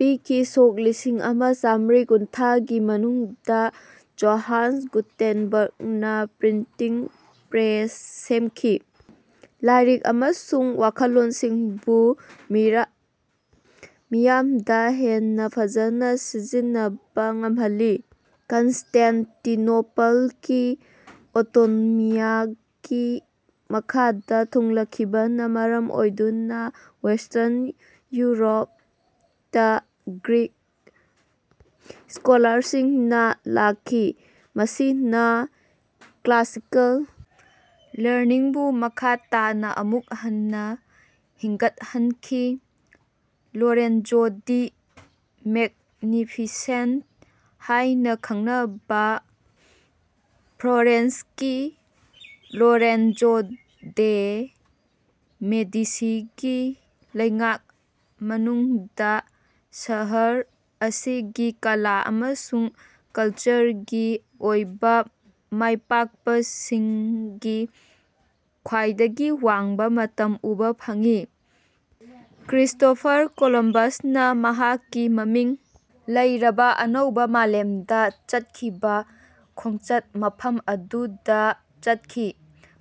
ꯄꯤꯈꯤ꯫ ꯁꯣꯛ ꯂꯤꯁꯤꯡ ꯑꯃ ꯆꯥꯃꯔꯤ ꯀꯨꯟꯊ꯭ꯔꯥꯒꯤ ꯃꯅꯨꯡꯗꯥ ꯖꯣꯍꯥꯟꯁ ꯒꯨꯇꯦꯟꯕꯔꯒꯅ ꯄ꯭ꯔꯤꯟꯇꯤꯡ ꯄ꯭ꯔꯦꯁ ꯁꯦꯝꯈꯤ, ꯂꯥꯏꯔꯤꯛ ꯑꯃꯁꯨꯡ ꯋꯥꯈꯜꯂꯣꯟꯁꯤꯡꯕꯨ ꯃꯤꯌꯥꯝꯗ ꯍꯦꯟꯅꯥ ꯐꯖꯅ ꯁꯤꯖꯤꯟꯅꯕ ꯉꯝꯍꯜꯂꯤ꯫ ꯀꯟꯁꯇꯦꯟꯇꯤꯅꯣꯄꯜꯒꯤ ꯑꯣꯇꯣꯃꯤꯌꯥꯒꯤ ꯃꯈꯥꯗ ꯊꯨꯡꯂꯈꯤꯕꯅ ꯃꯔꯝ ꯑꯣꯏꯗꯨꯅ ꯋꯦꯁꯇꯔꯟ ꯌꯨꯔꯣꯞꯇ ꯒ꯭ꯔꯤꯛ ꯁ꯭ꯀꯣꯂꯥꯔꯁꯤꯡꯅ ꯂꯥꯛꯈꯤ꯫ ꯃꯁꯤꯅ ꯀ꯭ꯂꯥꯁꯤꯀꯦꯜ ꯂꯔꯅꯤꯡꯕꯨ ꯃꯈꯥ ꯇꯥꯅ ꯑꯃꯨꯛ ꯍꯟꯅ ꯍꯤꯡꯒꯠꯍꯟꯈꯤ꯫ ꯂꯣꯔꯦꯟꯖꯣ ꯗꯤ ꯃꯦꯒꯅꯤꯐꯤꯁꯦꯟꯇ ꯍꯥꯏꯅ ꯈꯪꯅꯕ ꯐ꯭ꯂꯣꯔꯦꯟꯁꯀꯤ ꯂꯣꯔꯦꯟꯖꯣ ꯗꯦ ꯃꯦꯗꯤꯁꯤꯒꯤ ꯂꯩꯉꯥꯛ ꯃꯅꯨꯡꯗꯥ ꯁꯍꯔ ꯑꯁꯤꯒꯤ ꯀꯂꯥ ꯑꯃꯁꯨꯡ ꯀꯂꯆꯔꯒꯤ ꯑꯣꯏꯕ ꯃꯥꯏꯄꯥꯛꯄꯁꯤꯡꯒꯤ ꯈ꯭ꯋꯥꯏꯗꯒꯤ ꯋꯥꯡꯕ ꯃꯇꯝ ꯎꯕ ꯐꯪꯏ꯫ ꯀ꯭ꯔꯤꯁꯇꯣꯐꯔ ꯀꯣꯂꯝꯕꯁꯅ ꯃꯍꯥꯛꯀꯤ ꯃꯃꯤꯡ ꯂꯩꯔꯕ ꯑꯅꯧꯕ ꯃꯥꯂꯦꯝꯗ ꯆꯠꯈꯤꯕ ꯈꯣꯡꯆꯠ ꯃꯐꯝ ꯑꯗꯨꯗ ꯆꯠꯈꯤ,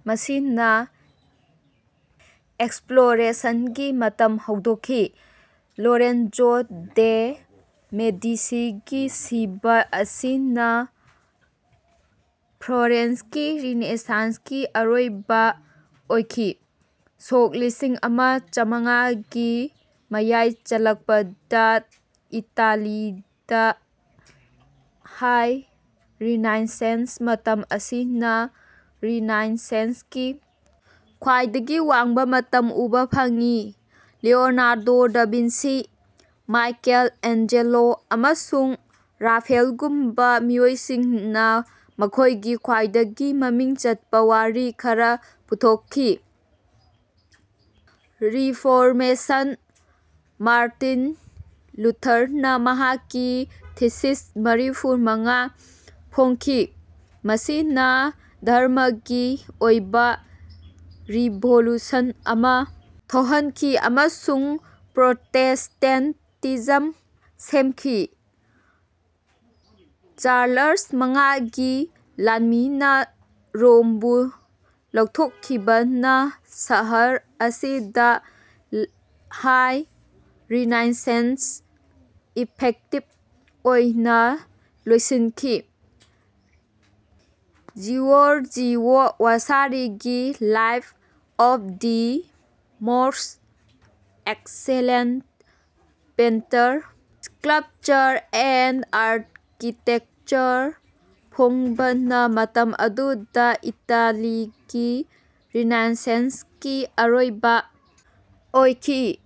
ꯃꯁꯤꯅ ꯑꯦꯛꯁꯄ꯭ꯂꯣꯔꯦꯁꯟꯒꯤ ꯃꯇꯝ ꯍꯧꯗꯣꯛꯈꯤ꯫ ꯂꯣꯔꯦꯟꯖꯣ ꯗꯦ' ꯃꯦꯗꯤꯁꯤꯒꯤ ꯁꯤꯕꯥ ꯑꯁꯤꯅ ꯐ꯭ꯂꯣꯔꯦꯟꯁꯀꯤ ꯔꯤꯅꯦꯁꯥꯟꯁꯀꯤ ꯑꯔꯣꯏꯕ ꯑꯣꯏꯈꯤ꯫ ꯁꯣꯛ ꯂꯤꯁꯤꯡ ꯑꯃ ꯆꯥꯃꯉꯥꯒꯤ ꯃꯌꯥꯏ ꯆꯜꯂꯛꯄꯗ ꯏꯇꯥꯂꯤꯗ ꯍꯥꯏ ꯔꯤꯅꯥꯏꯟꯁꯦꯟꯁ ꯃꯇꯝ ꯑꯁꯤꯅꯥ ꯔꯤꯅꯥꯏꯟꯁꯦꯟꯁꯀꯤ ꯈ꯭ꯋꯥꯏꯗꯒꯤ ꯋꯥꯡꯕ ꯃꯇꯝ ꯎꯕ ꯐꯪꯏ, Leonardo da Vinci, Michelangelo, ꯑꯃꯁꯨꯡ ꯔꯥꯐꯦꯜꯒꯨꯝꯕ ꯃꯤꯑꯣꯏꯁꯤꯡꯅ ꯃꯈꯣꯏꯒꯤ ꯈ꯭ꯋꯥꯏꯗꯒꯤ ꯃꯃꯤꯡ ꯆꯠꯄ ꯋꯥꯔꯤ ꯈꯔ ꯄꯨꯊꯣꯛꯈꯤ꯫ ꯔꯤꯐꯣꯔꯃꯦꯁꯟ: ꯃꯥꯔꯇꯤꯟ ꯂꯨꯊꯔꯅ ꯃꯍꯥꯛꯀꯤ "ꯊꯤꯁꯤꯁ ꯃꯔꯤꯐꯨ ꯃꯉꯥ" ꯐꯣꯡꯈꯤ꯫ ꯃꯁꯤꯅ ꯙꯔꯝꯃꯒꯤ ꯑꯣꯏꯕ ꯔꯤꯚꯣꯂꯨꯁꯟ ꯑꯃ ꯊꯣꯛꯍꯟꯈꯤ ꯑꯃꯁꯨꯡ ꯄ꯭ꯔꯣꯇꯦꯁꯇꯦꯟꯇꯤꯖꯝ ꯁꯦꯝꯈꯤ꯫ ꯆꯥꯔꯂꯁ ꯃꯉꯥꯒꯤ ꯂꯥꯟꯃꯤꯅꯥ ꯔꯣꯝꯕꯨ ꯂꯧꯊꯣꯛꯈꯤꯕꯅ ꯁꯍꯔ ꯑꯁꯤꯗꯥ ꯍꯥꯏ ꯔꯤꯅꯥꯏꯟꯁꯦꯟꯁ ꯏꯐꯦꯛꯇꯤꯕ ꯑꯣꯏꯅ ꯂꯣꯏꯁꯤꯟꯈꯤ꯫ ꯖꯤꯑꯣꯔꯖꯤꯑꯣ ꯋꯥꯁꯥꯔꯤꯒꯤ "life of the most excellent painter, sculpture and architecture" ꯐꯣꯡꯕꯅ ꯃꯇꯝ ꯑꯗꯨꯗ ꯏꯇꯥꯂꯤꯒꯤ ꯔꯤꯅꯥꯏꯟꯁꯦꯟꯁꯀꯤ ꯑꯔꯣꯏꯕ ꯑꯣꯏꯈꯤ꯫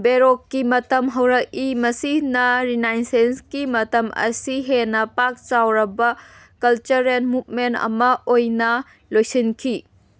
ꯕꯦꯔꯣꯛꯀꯤ ꯃꯇꯝ ꯍꯧꯔꯛꯏ, ꯃꯁꯤꯅꯥ ꯔꯤꯅꯥꯏꯟꯁꯦꯟꯁꯀꯤ ꯃꯇꯝ ꯑꯁꯤ ꯍꯦꯟꯅ ꯄꯥꯛ ꯆꯥꯎꯔꯕ ꯀꯜꯆꯔꯦꯜ ꯃꯨꯕꯃꯦꯟꯇ ꯑꯃ ꯑꯣꯏꯅ ꯂꯣꯏꯁꯤꯟꯈꯤ꯫